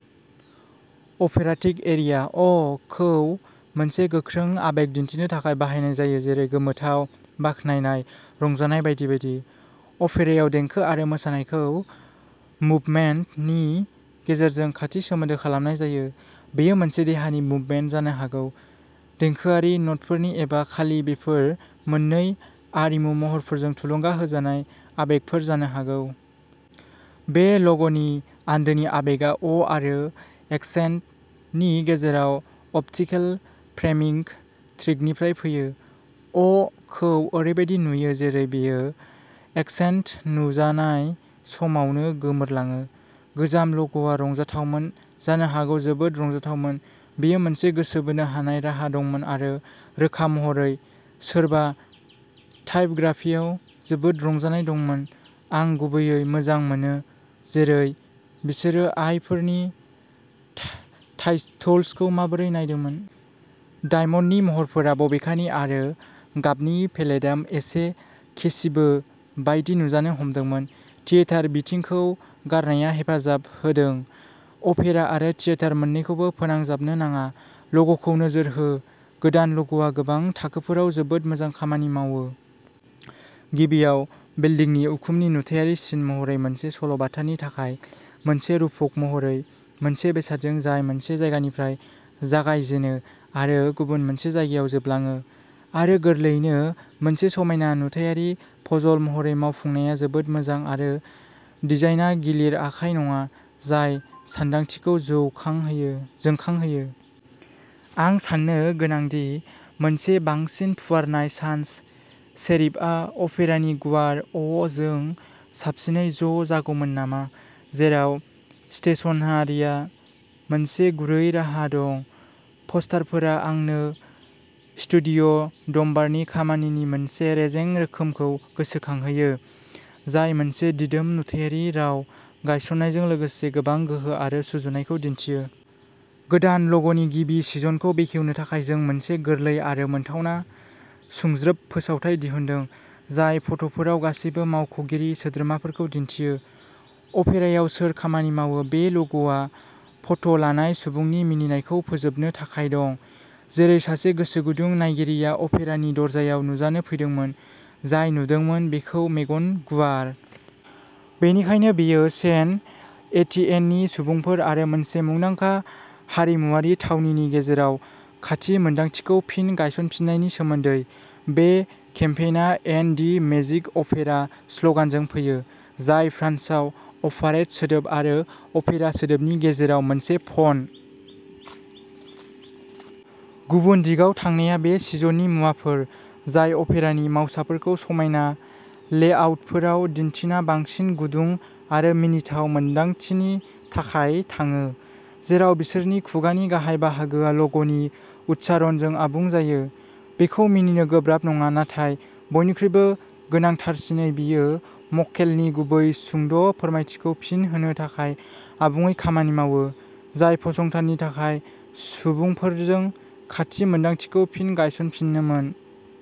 अपेराटिक aria. "अ" खौ मोनसे गोख्रों आबेग दिन्थिनो थाखाय बाहायनाय जायो जेरै गोमोथाव, बाख्नायनाय, रंजानाय बायदि बायदि। अपेरायाव, देंखो आरो मोसानायखौ "मुभमेन्ट" नि गेजेरजों खाथि सोमोन्दो खालामनाय जायो। बेयो मोनसे देहानि मुभमेन्ट जानो हागौ, देंखोआरि न'टफोरनि एबा खालि बेफोर मोननै आरिमु महरफोरजों थुलुंगा होजानाय आबेगफोर जानो हागौ।। बे ल'गनि आन्दोनि आबेगआ "अ" आरो "एक्सेन्ट" नि गेजेराव अप्टिकेल फ्रेमिंग ट्रिकनिफ्राय फैयो। "अ" खौ ओरैबादि नुयो जेरै बेयो एक्सेन्ट नुजानाय समावनो गोमोरलाङो। गोजाम ल'ग'आ रंजाथावमोन, जानो हागौ जोबोद रंजाथावमोन। बेयो मोनसे गोसो बोनो हानाय राहा दंमोन आरो रोखा महरै सोरबा टाइपग्राफियाव जोबोद रंजानाय दंमोन, आं गुबैयै मोजां मोनो जेरै बिसोर "आइ" फोरनि टाइटोल्सखौ माबोरै नायदोंमोन। डायमन्डनि महरफोरा, बबेखानि आरो गाबनि पेलेटआ एसे केसिनो बायदि नुजानो हमदोंमोन। थियेटार बिथिंखौ गारनाया हेफाजाब होदों। अपेरा आरो थियेटार मोन्नैखौबो फोनांजाबनो नाङा, ल'ग'खौ नोजोर हो। गोदान ल'ग'आ गोबां थाखोफोराव जोबोद मोजां खामानि मावो। गिबियाव, बिल्दिंनि उखुमनि नुथायारि सिन महरै मोनसे सल'बाथानि थाखाय मोनसे रुपक महरै, मोनसे बेसादजों जाय मोनसे जायगानिफ्राय जागायजेनो आरो गुबुन मोनसे जायगायाव जोबलाङो आरो गोरलैयैनो मोनसे समायना नुथायारि पजल महरै मावफुंनाया जोबोद मोजां आरो डिजाइनआ गिलिर आखाय नङा, जाय सानदांथिखौ जोंखांहोयो। आं साननो गोनां दि मोनसे बांसिन फुवारनाय सान्स सेरिफआ अपेरानि गुवार "अ" जों साबसिनै ज' जागौमोन नामा? जेराव स्टेशनारिहा मोनसे गुरै राहा दं, पस्टारफोरा आंनो स्टुडिय'डम्बारनि खामानिनि मोनसे रेजें रोखोमखौ गोसोखांहोयो, जाय मोनसे दिदोम नुथायारि राव गायसन्नायजों लोगोसे गोबां गोहो आरो सुजुनायखौ दिन्थियो। गोदान ल'ग'नि गिबि सिजनखौ बेखेवनो थाखाय जों मोनसे गोरलै आरो मोनथावना सुंज्रोब फोसावथाय दिहुनदों, जाय फट'फोराव गासैबो मावख'गिरि सोद्रोमाफोरखौ दिन्थियो। अपेरायाव सोर खामानि मावो। बे ल'ग'आ फट' लानाय सुबुंनि मिनिनायखौ फोजोबनो थाखाय दं, जेरै सासे गोसोगुदुं नायगिरिया अपेरानि दरजायाव नुजानो फैदोंमोन, जाय नुदोंमोन बेखौ मेगन गुवार। बेनिखायनो बेयो सेन्ट-एटिएननि सुबुंफोर आरो मोनसे मुंदांखा हारिमुआरि थावनिनि गेजेराव खाथि मोन्दांथिखौ फिन गायसनफिन्नायनि सोमोन्दै। बे केम्पेइना "एन्ड दि मेजिक अपेरा" स्ल'गानजों फैयो, जाय फ्रान्सआव "अपारेट" सोदोब आरो "अपेरा" सोदोबनि गेजेराव मोनसे पन। गुबुन दिगाव थांनाया बे सिजननि मुवाफोर जाय अपेरानि मावसाफोरखौ समायना लेआउटफोराव दिन्थिना बांसिन गुदुं आरो मिनिथाव मोन्दांथिनि थाखाय थाङो, जेराव बिसोरनि खुगानि गाहाय बाहागोआ ल'ग'नि उच्चारणजों आबुं जायो। बेखौ मिनिनो गोब्राब नङा, नाथाय बयनिख्रुइबो गोनांथारसिनै बेयो मक्केलनि गुबै सुंद' फोरमायथिखौ फिन होनो थाखाय आबुङै खामानि मावो, जाय फसंथाननि थाखाय सुबुंफोरजों खाथि मोन्दांथिखौ फिन गायसनफिननोमोन।